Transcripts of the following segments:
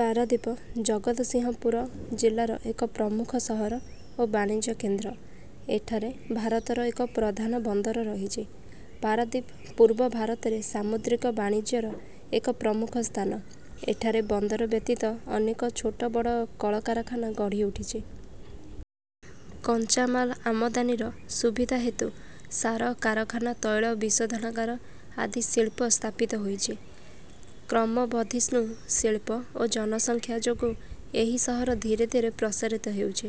ପାରାଦୀପ ଜଗତସିଂହପୁର ଜିଲ୍ଲାର ଏକ ପ୍ରମୂଖ ସହର ଓ ବାଣିଜ୍ୟ କେନ୍ଦ୍ର। ଏଠାରେ ଭାରତର ଏକ ପ୍ରଧାନ ବନ୍ଦର ରହିଛି। ପାରାଦୀପ ପୂର୍ବ ଭାରତରେ ସାମୁଦ୍ରିକ ବାଣିଜ୍ୟର ଏକ ପ୍ରମୁଖ ସ୍ଥାନ। ଏଠାରେ ବନ୍ଦର ବ୍ୟତୀତ ଅନେକ ଛୋଟ ବଡ଼ କଳ କାରଖାନା ଗଢ଼ି ଉଠିଛି। କଞ୍ଚାମାଲ ଆମଦାନୀର ସୁବିଧା ହେତୁ ସାର କାରଖାନା ତୈଳ ବିଶୋଧନାଗାର ଆଦି ଶିଳ୍ପ ସ୍ଥାପିତ ହୋଇଛି। କ୍ରମବର୍ଦ୍ଧିଷ୍ଣୁ ଶିଳ୍ପ ଓ ଜନସଂଖ୍ୟା ଯୋଗୁ ଏହି ସହର ଧୀରେ ଧୀରେ ପ୍ରସାରିତ ହେଉଛି।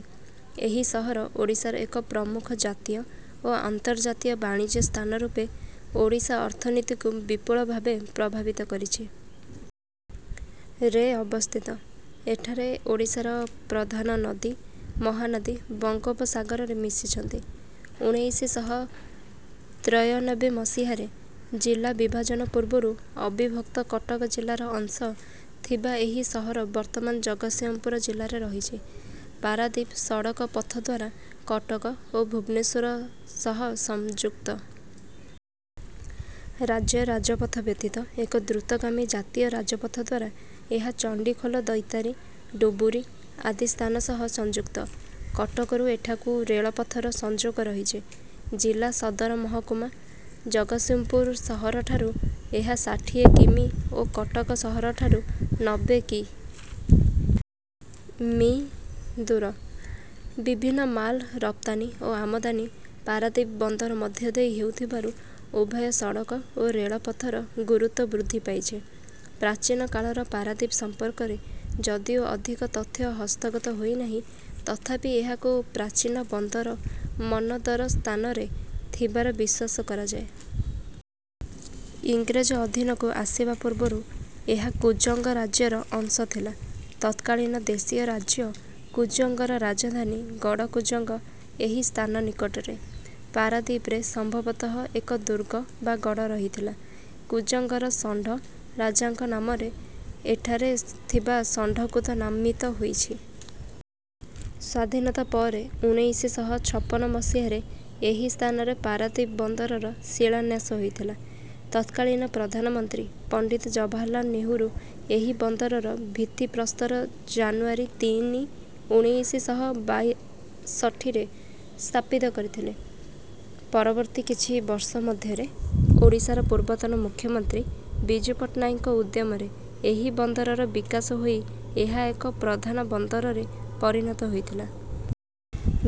ଏହି ସହର ଓଡ଼ିଶାର ଏକ ପ୍ରମୁଖ ଜାତୀୟ ଓ ଅନ୍ତର୍ଜାତୀୟ ବାଣିଜ୍ୟ ସ୍ଥାନ ରୂପେ ଓଡ଼ିଶା ଅର୍ଥନୀତିକୁ ବିପୁଳ ଭାବେ ପ୍ରଭାବିତ କରିଛି। ରେ ଅବସ୍ଥିତ। ଏଠାରେ ଓଡ଼ିଶାର ପ୍ରଧାନ ନଦୀ ମହାନଦୀ ବଙ୍ଗୋପସାଗରରେ ମିଶିଅଛି। ଉଣେଇଶ ଶହ ତ୍ରୟନବେ ମସିହାରେ ଜିଲ୍ଲା ବିଭାଜନ ପୂର୍ବରୁ ଅବିଭକ୍ତ କଟକ ଜିଲ୍ଲାର ଅଂଶ ଥିବା ଏହି ସହର ବର୍ତ୍ତମାନ ଜଗତସିଂହପୁର ଜିଲ୍ଲାରେ ରହିଛି। ପାରାଦୀପ ସଡ଼କ ପଥଦ୍ୱାରା କଟକ ଓ ଭୁବନେଶ୍ୱର ସହ ସଂଯୁକ୍ତ। ରାଜ୍ୟ ରାଜପଥ ବ୍ୟତୀତ ଏକ ଦ୍ରୁତଗାମୀ ଜାତୀୟ ରାଜପଥଦ୍ୱାରା ଏହା ଚଣ୍ଡିଖୋଲ ଦୈତାରୀ ଡୁବୁରୀ ଆଦି ସ୍ଥାନ ସହ ସଂଯୁକ୍ତ। କଟକରୁ ଏଠାକୁ ରେଳପଥର ସଂଯୋଗ ରହିଛି। ଜିଲ୍ଲା ସଦରମହକୁମା ଜଗତସିଂହପୁର ସହର ଠାରୁ ଏହା ଷାଠିଏ କି. ମି. ଓ କଟକ ସହର ଠାରୁ ନବେ କି. ମି. ଦୂର। ବିଭିନ୍ନ ମାଲ ରପ୍ତାନୀ ଓ ଆମଦାନୀ ପାରାଦୀପ ବନ୍ଦର ମଧ୍ୟଦେଇ ହେଉଥିବାରୁ ଉଭୟ ସଡ଼କ ଓ ରେଳପଥର ଗୁରୁତ୍ତ୍ୱ ବୃଦ୍ଧି ପାଇଛି। ପ୍ରାଚୀନ କାଳର ପାରଦୀପ ସମ୍ପର୍କରେ ଯଦିଓ ଅଧିକ ତଥ୍ୟ ହସ୍ତଗତ ହୋଇନାହିଁ ତଥାପି ଏହାକୁ ପ୍ରାଚୀନ ବନ୍ଦର ମନ୍ନଦର ସ୍ଥାନରେ ଥିବାର ବିଶ୍ୱାସ କରାଯାଏ। ଇଂରେଜ ଅଧୀନକୁ ଆସିବା ପୂର୍ବରୁ ଏହା କୁଜଙ୍ଗ ରାଜ୍ୟର ଅଂଶ ଥିଲା। ତତ୍କାଳୀନ ଦେଶୀୟ ରାଜ୍ୟ କୁଜଙ୍ଗର ରାଜଧାନୀ ଗଡ଼କୁଜଙ୍ଗ ଏହି ସ୍ଥାନ ନିକଟରେ। ପାରାଦୀପରେ ସମ୍ଭବତଃ ଏକ ଦୁର୍ଗ ବା ଗଡ଼ ରହିଥିଲା। କୁଜଙ୍ଗର ଷଣ୍ଢ ରାଜାଙ୍କ ନାମରେ ଏଠାରେ ଥିବା ଷଣ୍ଢକୂଦ ନାମିତ ହୋଇଛି। ସ୍ୱାଧୀନତା ପରେ ଉଣେଇଶ ଶହ ଛପନ ମସିହାରେ ଏହି ସ୍ଥାନରେ ପାରାଦୀପ ବନ୍ଦରର ଶିଳାନ୍ୟାସ ହୋଇଥିଲା। ତତ୍କାଳୀନ ପ୍ରଧାନମନ୍ତ୍ରୀ ପଣ୍ଡିତ ଜବାହରଲାଲ ନେହେରୁ ଏହି ବନ୍ଦରର ଭିତ୍ତିପ୍ରସ୍ଥର ଜାନୁୟାରୀ ତିନି ଉଣେଇଶ ଶହ ବାଷଠିରେ ସ୍ଥାପନ କରିଥିଲେ। ପରବର୍ତ୍ତୀ କିଛି ବର୍ଷ ମଧ୍ୟରେ ଓଡ଼ିଶାର ପୂର୍ବତନ ମୁଖ୍ୟମନ୍ତ୍ରୀ ବିଜୁ ପଟ୍ଟନାୟକଙ୍କ ଉଦ୍ୟମରେ ଏହି ବନ୍ଦରର ବିକାଶ ହୋଇ ଏହା ଏକ ପ୍ରଧାନ ବନ୍ଦରରେ ପରିଣତ ହୋଇଥିଲା।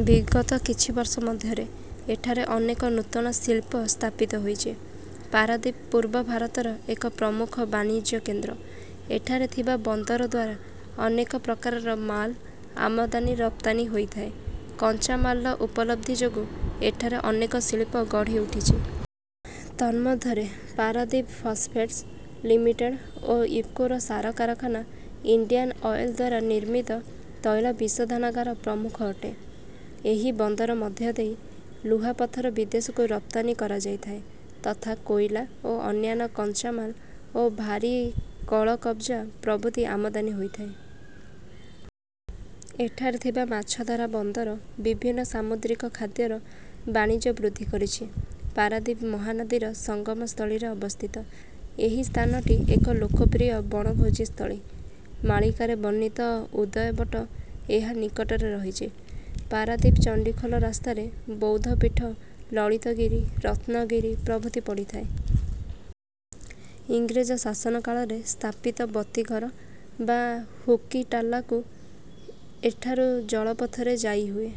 ବିଗତ କିଛି ବର୍ଷ ମଧ୍ୟରେ ଏଠାରେ ଅନେକ ନୂତନ ଶିଳ୍ପ ସ୍ଥାପିତ ହୋଇଛି। ପାରାଦୀପ ପୂର୍ବ ଭାରତର ଏକ ପ୍ରମୁଖ ବାଣିଜ୍ୟ କେନ୍ଦ୍ର। ଏଠାରେ ଥିବା ବନ୍ଦରଦ୍ୱାରା ଅନେକ ପ୍ରକାରର ମାଲ ଆମଦାନୀ ରପ୍ତାନୀ ହୋଇଥାଏ। କଞ୍ଚାମାଲର ଉପଲବ୍ଧି ଯୋଗୁ ଏଠାରେ ଅନେକ ଶିଳ୍ପ ଗଢି ଉଠିଛି। ତନ୍ମଧ୍ୟରେ ପାରାଦୀପ ଫସପେଟସ ଲିମିଟେଡ଼ ଓ ଇଫକୋର ସାର କାରଖାନା ଇଣ୍ଡିଆନ ଅଏଲଦ୍ୱାରା ନିର୍ମିତ ତୈଳ ବିଶୋଧନାଗାର ପ୍ରମୁଖ ଅଟେ। ଏହି ବନ୍ଦର ମଧ୍ୟ ଦେଇ ଲୁହାପଥର ବିଦେଶକୁ ରପ୍ତାନୀ କରାଯାଇ ଥାଏ ତଥା କୋଇଲା ଓ ଅନ୍ୟାନ୍ୟ କଞ୍ଚାମାଲ ଓ ଭାରୀ କଳକବଜା ପ୍ରଭୁତି ଆମଦାନୀ ହୋଇଥାଏ। ଏଠାରେ ଥିବା ମାଛଧରା ବନ୍ଦର ବିଭିନ୍ନ ସାମୁଦ୍ରିକ ଖାଦ୍ୟର ବାଣିଜ୍ୟ ବୃଦ୍ଧି କରିଛି। ପାରାଦୀପ ମହାନଦୀର ସଙ୍ଗମ ସ୍ଥଳୀରେ ଅବସ୍ଥିତ। ଏହି ସ୍ଥାନଟି ଏକ ଲୋକପ୍ରିୟ ବଣଭୋଜି ସ୍ଥଳୀ। ମାଳିକାରେ ବର୍ଣ୍ଣିତ ଉଦୟବଟ ଏହା ନିକଟରେ ରହିଛି। ପାରାଦୀପଚଣ୍ଡିଖୋଲ ରାସ୍ତାରେ ବୌଦ୍ଧ ପୀଠ ଲଳିତଗିରି ରତ୍ନଗିରି ପ୍ରଭୁତି ପଡିଥାଏ। ଇଂରେଜ ଶାସନ କାଳରେ ସ୍ଥାପିତ ବତୀଘର ବା ହୁକିଟାଲାକୁ ଏଠାରୁ ଜଳପଥରେ ଯାଇହୁଏ।